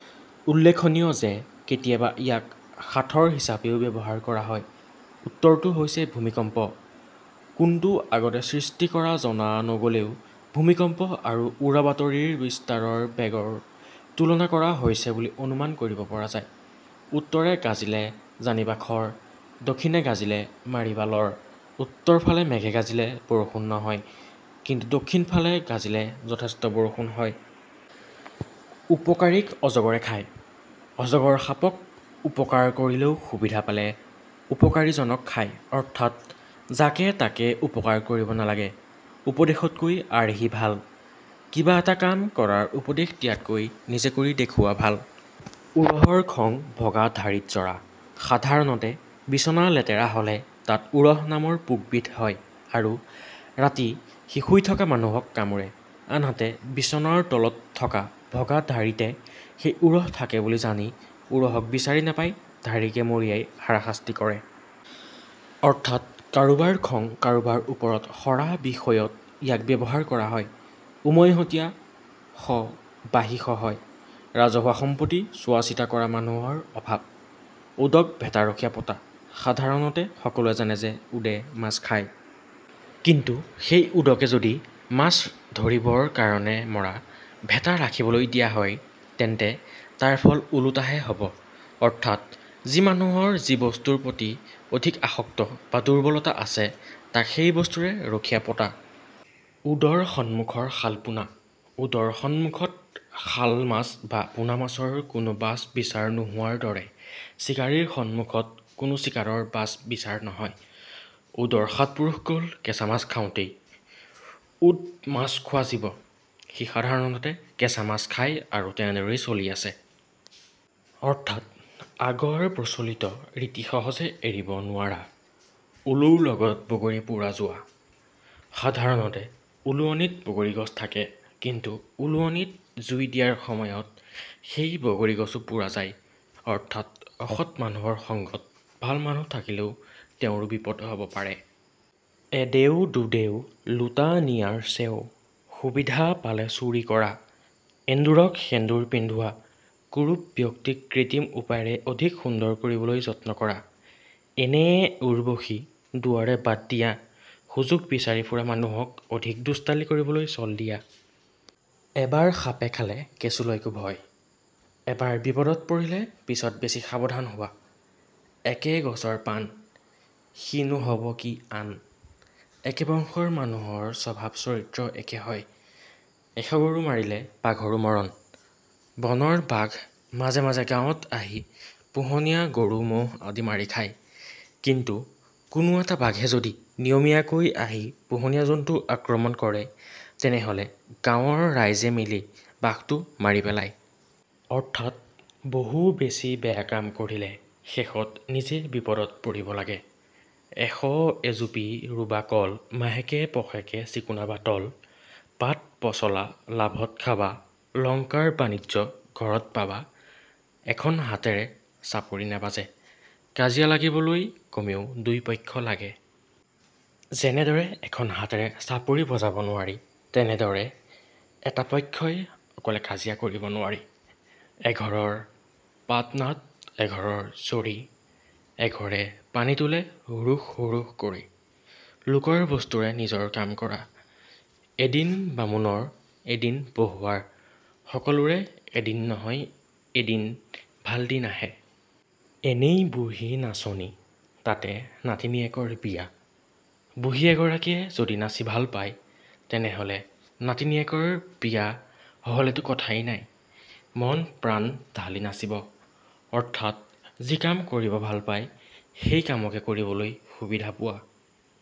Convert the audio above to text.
উল্লেখনীয় যে, কেতিয়াবা ইয়াক সাঁথৰ হিচাপেও ব্যৱহাৰ কৰা হয়। উত্তৰটো হৈছে "ভূমিকম্প। " কোনটো আগতে সৃষ্টি কৰা জনা নগ'লেও ভূমিকম্প আৰু উৰাবাতৰিৰ বিস্তাৰৰ বেগৰ তুলনা কৰা হৈছে বুলি অনুমান কৰিব পৰা যায়। উত্তৰে গাজিলে জানিবা খৰ, দক্ষিণে গাজিলে মাৰিবা লৰ: উত্তৰ ফালে মেঘে গাজিলে বৰষুণ নহয়, কিন্তু দক্ষিণ ফালে গাজিলে যথেষ্ট বৰষুণ হয়। উপকাৰীক অজগৰে খায়: অজগৰ সাপক উপকাৰ কৰিলেও সুবিধা পালে উপকাৰি জনক খায়, অৰ্থাৎ যাকে তাকে উপকাৰ কৰিব নালাগে। উপদেশতকৈ আৰ্হি ভাল: কিবা এটা কাম কৰাৰ উপদেশ দিয়াতকৈ নিজে কৰি দেখুওৱা ভাল। উৰহৰ খং ভঙা ঢাৰীত জৰা: সাধাৰণতে বিছনা লেতেৰা হ'লে তাত উৰহ নামৰ পোক বিধ হয় আৰু ৰাতি সি শুই থকা মানুহক কামোৰে। আনহাতে বিছনাৰ তলত থকা ভগা ঢাৰীতে সেই উৰহ থাকে বুলি জানি উৰহক বিচাৰি নাপাই ঢাৰীকে মৰিয়াই হাৰাশাস্তি কৰে। অৰ্থাৎ কাৰোবাৰ খং কাৰোবাৰ ওপৰত সৰা বিষয়ত ইয়াক ব্যৱহাৰ কৰা হয়। উমৈহতীয়া শ বাহী শ হয়: ৰাজহুৱা সম্পত্তি চোৱা চিতা কৰা মানুহৰ অভাৱ। উদক ভেটা ৰখীয়া পতা: সাধাৰণতে সকলোৱে জানে যে উদে মাছ খায়। কিন্তু সেই উদকে যদি মাছ ধৰিবৰ কাৰণে মৰা ভেটা ৰাখিবলৈ দিয়া হয় তেন্তে তাৰ ফল ওলোটাহে হ'ব। অৰ্থাৎ যি মানুহৰ যি বস্তুৰ প্ৰতি অধিক আসক্ত বা দুৰ্বলতা আছে তাক সেই বস্তুৰে ৰখিয়া পতা। উদৰ সম্মুখৰ শালপোণা: উদৰ সম্মুখত শাল মাছ বা পোনা মাছৰ কোনো বাচ বিচাৰ নোহোৱাৰ দৰে চিকাৰীৰ সন্মুখত কোনো চিকাৰৰ বাচ বিচাৰ নহয়। উদৰ সাতপুৰুষ গ'ল কেঁচা মাছ খাওঁতেই: উদ মাছ খোৱা জীৱ, সি সাধাৰণতে মাছ কেঁচাই খাই আৰু তেনেদৰেই চলি আছে। অৰ্থাৎ আগৰ প্ৰচলিত ৰীতি সহজতে এৰিব নোৱাৰা। উলুৰ লগত বগৰী পোৰা যোৱা: সাধাৰণতে উলুৱনিত বগৰি গছ থাকে, কিন্তু উলুৱনিত জুই দিয়াৰ সময়ত সেই বগৰি গছো পোৰা যায়। অৰ্থাৎ অসৎ মানুহৰ সঙ্গত ভাল মানুহ থাকিলেও তেওঁৰো বিপদ হ'ব পাৰে। এদেও, দুদেও, লোটা নিয়াৰ চেওঁ: সুবিধা পালে চুৰি কৰা। এন্দুৰক সেন্দূৰ পিন্ধোৱা: কুৰূপ ব্যক্তিক কৃত্ৰিম উপায়েৰে অধিক সুন্দৰ কৰিবলৈ যত্ন কৰা। এনেয়ে উৰ্বশী দুৱাৰে বাট দিয়া: সুযোগ বিচাৰি ফুৰা মানুহক অধিক দুষ্টালি কৰিবলৈ চল দিয়া। এবাৰ সাপে খালে কেঁচুলৈকো ভয়: এবাৰ বিপদত পৰিলে পিছ্ত বেছি সাৱধান হোৱা। একে গছৰ পাণ, সি নো হ'ব কি আন: একে বংশৰ মানুহৰ স্বভাৱ-চৰিত্ৰ একে হয়। এশ গৰু মাৰিলে বাঘৰো মৰণ: বনৰ বাঘ মাজে মাজে গাঁৱত আহি পোহনীয়া গৰু মহ আদি মাৰি খায়, কিন্তু কোনো এটা বাঘে যদি নিয়মিয়াকৈ আহি পোহনীয়া জন্তু আক্ৰমণ কৰে তেনেহলে গাঁৱৰ ৰাইজে মিলি বাঘটো মাৰি পেলায়। অৰ্থাৎ বহু বেছি বেয়া কাম কৰিলে শেষত নিজে বিপদত পৰিব লাগে। এশ এজুপি ৰোবা কল মাহেকে পষেকে চিকুনাবা তল পাত-পচলা লাভত খাবা লংকাৰ বাণিজ্য ঘৰত পাবা এখন হাতেৰে চাপৰি নাবাজে: কাঁজিয়া লাগিবলৈ কমেও দুটা পক্ষ্য লাগে। যেনেদৰে এখন হাতেৰে চাপৰি বজাব নোৱাৰি তেনেদৰে এটা পক্ষ্যই অকলে কাঁজিয়া কৰিব নোৱাৰে। এঘৰৰ পাটনাদ, এঘৰৰ জৰী, এঘৰে পানী তুলে হুৰূস হুৰূস কৰি: লোকৰ বস্তুৰে নিজৰ কাম কৰা। এদিন বামুণৰ, এদিন বহুৱাৰ: সকলোৰে এদিন নহয় এদিন ভাল দিন আহে। এনেই বুঢ়ী নাচনী, তাতে নাতিনীয়েকৰ বিয়া: বুঢ়ী এগৰাকীয়ে যদি নাচি ভাল পায়, তেনেহলে নাতিনিয়েকৰ বিয়া হ ' লেতো কথাই নাই, মন প্ৰাণ ঢালি নাচিব॥ অৰ্থাৎ যি কাম কৰিব ভাল পায়, সেই কামকে কৰিবলৈ সুবিধা পোৱা।